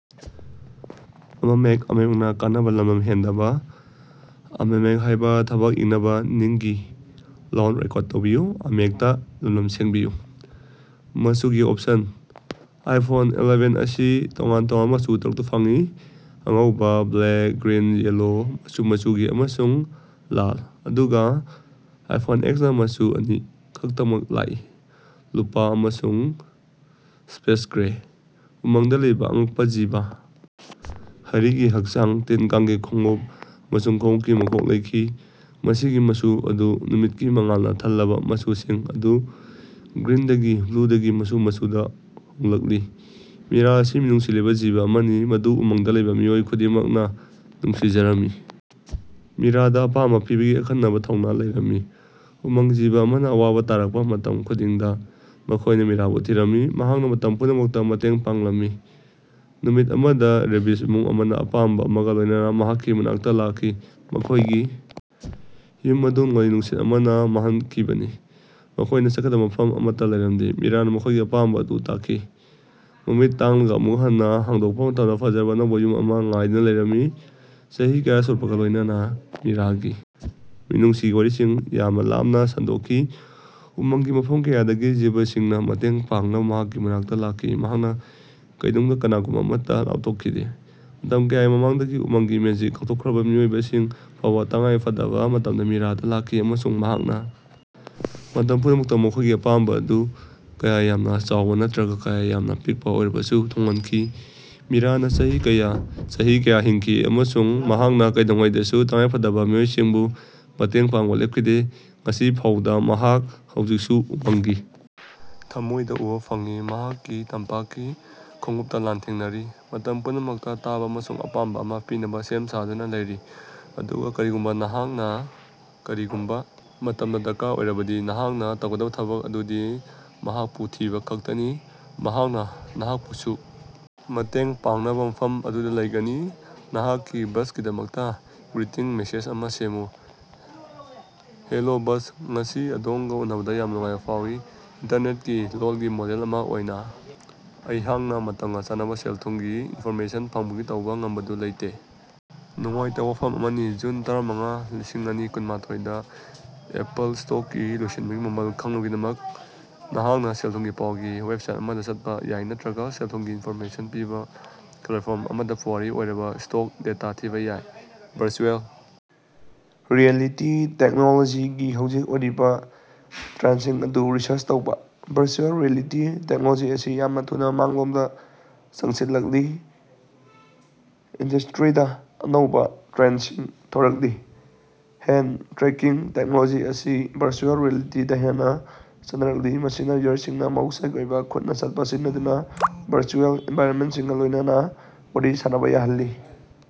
ꯃꯆꯨꯒꯤ option: iPhone eleven ꯑꯁꯤ ꯇꯣꯉꯥꯟ ꯇꯣꯉꯥꯟꯕ ꯃꯆꯨ ꯇꯔꯨꯛꯇ ꯐꯪꯏ: ꯑꯉꯧꯕ, ꯕ꯭ꯂꯦꯛ, ꯒ꯭ꯔꯤꯟ, ꯌꯦꯜꯂꯣ, ꯃꯆꯨ ꯃꯆꯨꯒꯤ, ꯑꯃꯁꯨꯡ ꯂꯥꯜ, ꯑꯗꯨꯒ ꯑꯥꯏꯐꯣꯟ ꯑꯦꯛꯁꯅ ꯃꯆꯨ ꯑꯅꯤ ꯈꯛꯇꯃꯛ ꯂꯥꯛꯏ: ꯂꯨꯄꯥ ꯑꯃꯁꯨꯡ ꯁ꯭ꯄꯦꯁ ꯒ꯭ꯔꯦ꯫ ꯎꯃꯪꯗ ꯂꯩꯕ ꯑꯉꯛꯄ ꯖꯤꯕ ꯍꯔꯤꯒꯤ ꯍꯛꯆꯥꯡ, ꯇꯤꯟ-ꯀꯥꯡꯒꯤ ꯈꯣꯡꯎꯞ ꯑꯃꯁꯨꯡ ꯈꯣꯡꯎꯞꯀꯤ ꯃꯀꯣꯛ ꯂꯩꯈꯤ꯫ ꯃꯁꯤꯒꯤ ꯃꯆꯨ ꯑꯗꯨ ꯅꯨꯃꯤꯠꯀꯤ ꯃꯉꯥꯜꯅ ꯊꯜꯂꯕ ꯃꯆꯨꯁꯤꯡ ꯑꯗꯨ ꯒ꯭ꯔꯤꯟꯗꯒꯤ ꯕ꯭ꯂꯨꯗꯒꯤ ꯃꯆꯨ ꯃꯆꯨꯗ ꯍꯣꯡꯂꯛꯂꯤ꯫ ꯃꯤꯔꯥ ꯑꯁꯤ ꯃꯤꯅꯨꯡꯁꯤ ꯂꯩꯕ ꯖꯤꯕ ꯑꯃꯅꯤ, ꯃꯗꯨ ꯎꯃꯪꯗ ꯂꯩꯕ ꯃꯤꯑꯣꯏ ꯈꯨꯗꯤꯡꯃꯛꯅ ꯅꯨꯡꯁꯤꯖꯔꯝꯃꯤ꯫ ꯃꯤꯔꯥꯗ ꯑꯄꯥꯝꯕ ꯄꯤꯕꯒꯤ ꯑꯈꯟꯅꯕ ꯊꯧꯅꯥ ꯂꯩꯔꯝꯃꯤ꯫ ꯎꯃꯪꯒꯤ ꯖꯤꯕ ꯑꯃꯅ ꯑꯋꯥꯕ ꯇꯥꯔꯛꯄ ꯃꯇꯝ ꯈꯨꯗꯤꯡꯗ ꯃꯈꯣꯏꯅ ꯃꯤꯔꯥꯕꯨ ꯊꯤꯔꯝꯃꯤ, ꯃꯍꯥꯛꯅ ꯃꯇꯝ ꯄꯨꯝꯅꯃꯛꯇ ꯃꯇꯦꯡ ꯄꯥꯡꯂꯝꯃꯤ꯫ ꯅꯨꯃꯤꯠ ꯑꯃꯗ ꯔꯦꯕꯤꯖ ꯏꯃꯨꯡ ꯑꯃꯅ ꯑꯄꯥꯝꯕ ꯑꯃꯒ ꯂꯣꯏꯅꯅ ꯃꯍꯥꯛꯀꯤ ꯃꯅꯥꯛꯇ ꯂꯥꯛꯈꯤ꯫ ꯃꯈꯣꯏꯒꯤ ꯌꯨꯝ ꯑꯗꯨ ꯅꯣꯡꯂꯩ ꯅꯨꯡꯁꯤꯠ ꯑꯃꯅ ꯃꯥꯡꯍꯟꯈꯤꯕꯅꯤ, ꯃꯈꯣꯏꯅ ꯆꯠꯀꯗꯕ ꯃꯐꯝ ꯑꯃꯠꯇ ꯂꯩꯔꯝꯗꯦ꯫ ꯃꯤꯔꯥꯅ ꯃꯈꯣꯏꯒꯤ ꯑꯄꯥꯝꯕ ꯑꯗꯨ ꯇꯥꯈꯤ, ꯃꯃꯤꯠ ꯇꯥꯡꯂꯒ ꯑꯃꯨꯛ ꯍꯟꯅ ꯍꯥꯡꯗꯣꯛꯄ ꯃꯇꯝꯗ ꯐꯖꯔꯕ ꯑꯅꯧꯕ ꯌꯨꯝ ꯑꯃ ꯉꯥꯏꯗꯨꯅ ꯂꯩꯔꯝꯃꯤ꯫ ꯆꯍꯤ ꯀꯌꯥ ꯁꯨꯔꯛꯄꯒ ꯂꯣꯏꯅꯅ ꯃꯤꯔꯥꯒꯤ ꯃꯤꯅꯨꯡꯁꯤꯒꯤ ꯋꯥꯔꯤꯁꯤꯡ ꯌꯥꯝꯅ ꯂꯥꯞꯅ ꯁꯟꯗꯣꯛꯈꯤ꯫ ꯎꯃꯪꯒꯤ ꯃꯐꯝ ꯀꯌꯥꯗꯒꯤ ꯖꯤꯕꯁꯤꯡꯅ ꯃꯇꯦꯡ ꯄꯥꯡꯅꯕ ꯃꯍꯥꯛꯀꯤ ꯃꯅꯥꯛꯇ ꯂꯥꯛꯈꯤ, ꯃꯍꯥꯛꯅ ꯀꯩꯗꯧꯅꯨꯡꯗ ꯀꯅꯥꯒꯨꯝꯕ ꯑꯃꯠꯇ ꯂꯥꯄꯊꯣꯛꯈꯤꯗꯦ꯫ ꯃꯇꯝ ꯀꯌꯥꯒꯤ ꯃꯃꯥꯡꯗꯒꯤ ꯎꯃꯪꯒꯤ ꯃꯦꯖꯤꯛ ꯀꯥꯎꯊꯣꯛꯈ꯭ꯔꯕ ꯃꯤꯑꯣꯏꯕꯁꯤꯡ ꯐꯥꯎꯕ ꯇꯉꯥꯏꯐꯗꯕ ꯃꯇꯝꯗ ꯃꯤꯔꯥꯗ ꯂꯥꯛꯈꯤ꯫ ꯑꯃꯁꯨꯡ ꯃꯍꯥꯛꯅ ꯃꯇꯝ ꯄꯨꯝꯅꯃꯛꯇ ꯃꯈꯣꯏꯒꯤ ꯑꯄꯥꯝꯕ ꯑꯗꯨ ꯀꯌꯥ ꯌꯥꯝꯅ ꯆꯥꯎꯕ ꯅꯠꯇ꯭ꯔꯒ ꯀꯌꯥ ꯌꯥꯝꯅ ꯄꯤꯛꯄ ꯑꯣꯏꯔꯕꯁꯨ ꯊꯨꯡꯍꯟꯈꯤ꯫ ꯃꯤꯔꯥꯅ ꯆꯍꯤ ꯀꯌꯥ, ꯆꯍꯤ ꯀꯌꯥ ꯍꯤꯡꯈꯤ, ꯑꯃꯁꯨꯡ ꯃꯍꯥꯛꯅ ꯀꯩꯗꯧꯉꯩꯗꯁꯨ ꯇꯉꯥꯏꯐꯗꯕ ꯃꯤꯑꯣꯏꯁꯤꯡꯕꯨ ꯃꯇꯦꯡ ꯄꯥꯡꯕ ꯂꯦꯞꯈꯤꯗꯦ꯫ ꯉꯁꯤ ꯐꯥꯎꯕꯗ ꯃꯍꯥꯛ ꯍꯧꯖꯤꯛꯁꯨ ꯎꯃꯪꯒꯤ ꯊꯃꯣꯏꯗ ꯎꯕ ꯐꯪꯏ, ꯃꯍꯥꯛꯀꯤ ꯇꯝꯄꯥꯛꯀꯤ ꯈꯣꯡꯎꯞꯇ ꯂꯥꯟꯊꯦꯡꯅꯔꯤ, ꯃꯇꯝ ꯄꯨꯝꯅꯃꯛꯇ ꯇꯥꯕ ꯑꯃꯁꯨꯡ ꯑꯄꯥꯝꯕ ꯑꯃ ꯄꯤꯅꯕ ꯁꯦꯝ ꯁꯥꯗꯨꯅ ꯂꯩꯔꯤ꯫ ꯑꯗꯨꯒ ꯀꯔꯤꯒꯨꯝꯕ ꯅꯍꯥꯛꯅ ꯀꯔꯤꯒꯨꯝꯕ ꯃꯇꯝꯗ ꯗꯔꯀꯥꯔ ꯑꯣꯏꯔꯕꯗꯤ ꯅꯍꯥꯛꯅ ꯇꯧꯒꯗꯕ ꯊꯕꯛ ꯑꯗꯨꯗꯤ ꯃꯍꯥꯛꯄꯨ ꯊꯤꯕ ꯈꯛꯇꯅꯤ, ꯃꯍꯥꯛꯅ ꯅꯍꯥꯛꯄꯨꯁꯨ ꯃꯇꯦꯡ ꯄꯥꯡꯅꯕ ꯃꯐꯝ ꯑꯗꯨꯗ ꯂꯩꯒꯅꯤ꯫ ꯅꯍꯥꯛꯀꯤ ꯕꯁꯀꯤꯗꯃꯛꯇ ꯒ꯭ꯔꯤꯇꯤꯡ ꯃꯦꯁꯦꯖ ꯑꯃ ꯁꯦꯝꯃꯨ꯫ ꯍꯦꯂꯣ ꯕꯁ, ꯉꯁꯤ ꯑꯗꯣꯝꯒ ꯎꯅꯕꯗ ꯌꯥꯝꯅ ꯅꯨꯡꯉꯥꯏꯕ ꯐꯥꯎꯏ꯫ ꯏꯟꯇꯔꯅꯦꯠꯀꯤ ꯂꯣꯜꯒꯤ ꯃꯣꯗꯦꯜ ꯑꯃ ꯑꯣꯏꯅ ꯑꯩꯍꯥꯛꯅ ꯃꯇꯝꯒ ꯆꯥꯟꯅꯕ ꯁꯦꯜ-ꯊꯨꯝꯒꯤ ꯏꯟꯐꯣꯔꯃꯦꯁꯟ ꯐꯪꯕꯒꯤ ꯇꯧꯕ ꯉꯝꯕꯗꯨ ꯂꯩꯇꯦ, ꯅꯨꯡꯉꯥꯏꯇꯕ ꯋꯥꯐꯝ ꯑꯃꯅꯤ꯫ ꯖꯨꯟ ꯇꯔꯥꯃꯉꯥ, ꯂꯤꯁꯤꯡꯑꯅꯤ ꯀꯨꯟꯃꯥꯊꯣꯏ ꯗ ꯑꯦꯄꯜ ꯁ꯭ꯇꯣꯛꯀꯤ ꯂꯣꯏꯁꯤꯟꯕꯒꯤ ꯃꯃꯜ ꯈꯪꯅꯕꯒꯤꯗꯃꯛ, ꯅꯍꯥꯛꯅ ꯁꯦꯜ-ꯊꯨꯝꯒꯤ ꯄꯥꯎꯒꯤ ꯋꯦꯕꯁꯥꯏꯠ ꯑꯃꯗ ꯆꯠꯄ ꯌꯥꯏ ꯅꯠꯇ꯭ꯔꯒ ꯁꯦꯜ-ꯊꯨꯝꯒꯤ ꯏꯟꯐꯣꯔꯃꯦꯁꯟ ꯄꯤꯕ ꯄ꯭ꯂꯦꯠꯐꯣꯔꯝ ꯑꯃꯗ ꯄꯨꯋꯥꯔꯤ ꯑꯣꯏꯔꯕ ꯁ꯭ꯇꯣꯛ ꯗꯦꯇꯥ ꯊꯤꯕ ꯌꯥꯏ꯫ ꯚꯔꯆꯨꯑꯦꯜ ꯔꯤꯌꯦꯂꯤꯇꯤ ꯇꯦꯛꯅꯣꯂꯣꯖꯤꯒꯤ ꯍꯧꯖꯤꯛ ꯑꯣꯏꯔꯤꯕ ꯇ꯭ꯔꯦꯟꯁꯤꯡ ꯑꯗꯨ ꯔꯤꯁꯔꯆ ꯇꯧꯕ꯫ ꯚꯔꯆꯨꯑꯦꯜ ꯔꯤꯌꯦꯂꯤꯇꯤ ꯇꯦꯛꯅꯣꯂꯣꯖꯤ ꯑꯁꯤ ꯌꯥꯝꯅ ꯊꯨꯅ ꯃꯥꯡꯂꯣꯝꯗ ꯆꯪꯁꯤꯜꯂꯛꯂꯤ, ꯏꯟꯗꯁ꯭ꯠꯔꯤꯗ ꯑꯅꯧꯕ ꯇ꯭ꯔꯦꯟꯗꯁꯤꯡ ꯊꯣꯔꯛꯂꯤ꯫ ꯍꯦꯟ ꯇ꯭ꯔꯦꯀꯤꯡ ꯇꯦꯛꯅꯣꯂꯣꯖꯤ ꯑꯁꯤ ꯚꯔꯆꯨꯑꯦꯜ ꯔꯤꯌꯦꯂꯤꯇꯤ ꯗ ꯍꯦꯟꯅ ꯆꯠꯅꯔꯛꯂꯤ, ꯃꯁꯤꯅ ꯌꯨꯖꯔꯁꯤꯡꯅ ꯃꯍꯧꯁꯥꯒꯤ ꯑꯣꯏꯕ ꯈꯨꯠꯅ ꯆꯠꯄ ꯁꯤꯖꯤꯟꯅꯗꯨꯅ ꯚꯔꯆꯨꯑꯦꯜ ꯑꯦꯟꯚꯥꯏꯔꯟꯃꯦꯟꯠꯁꯤꯡꯒ ꯂꯣꯏꯅꯅ ꯋꯥꯔꯤ ꯁꯥꯅꯕ ꯌꯥꯍꯜꯂꯤ꯫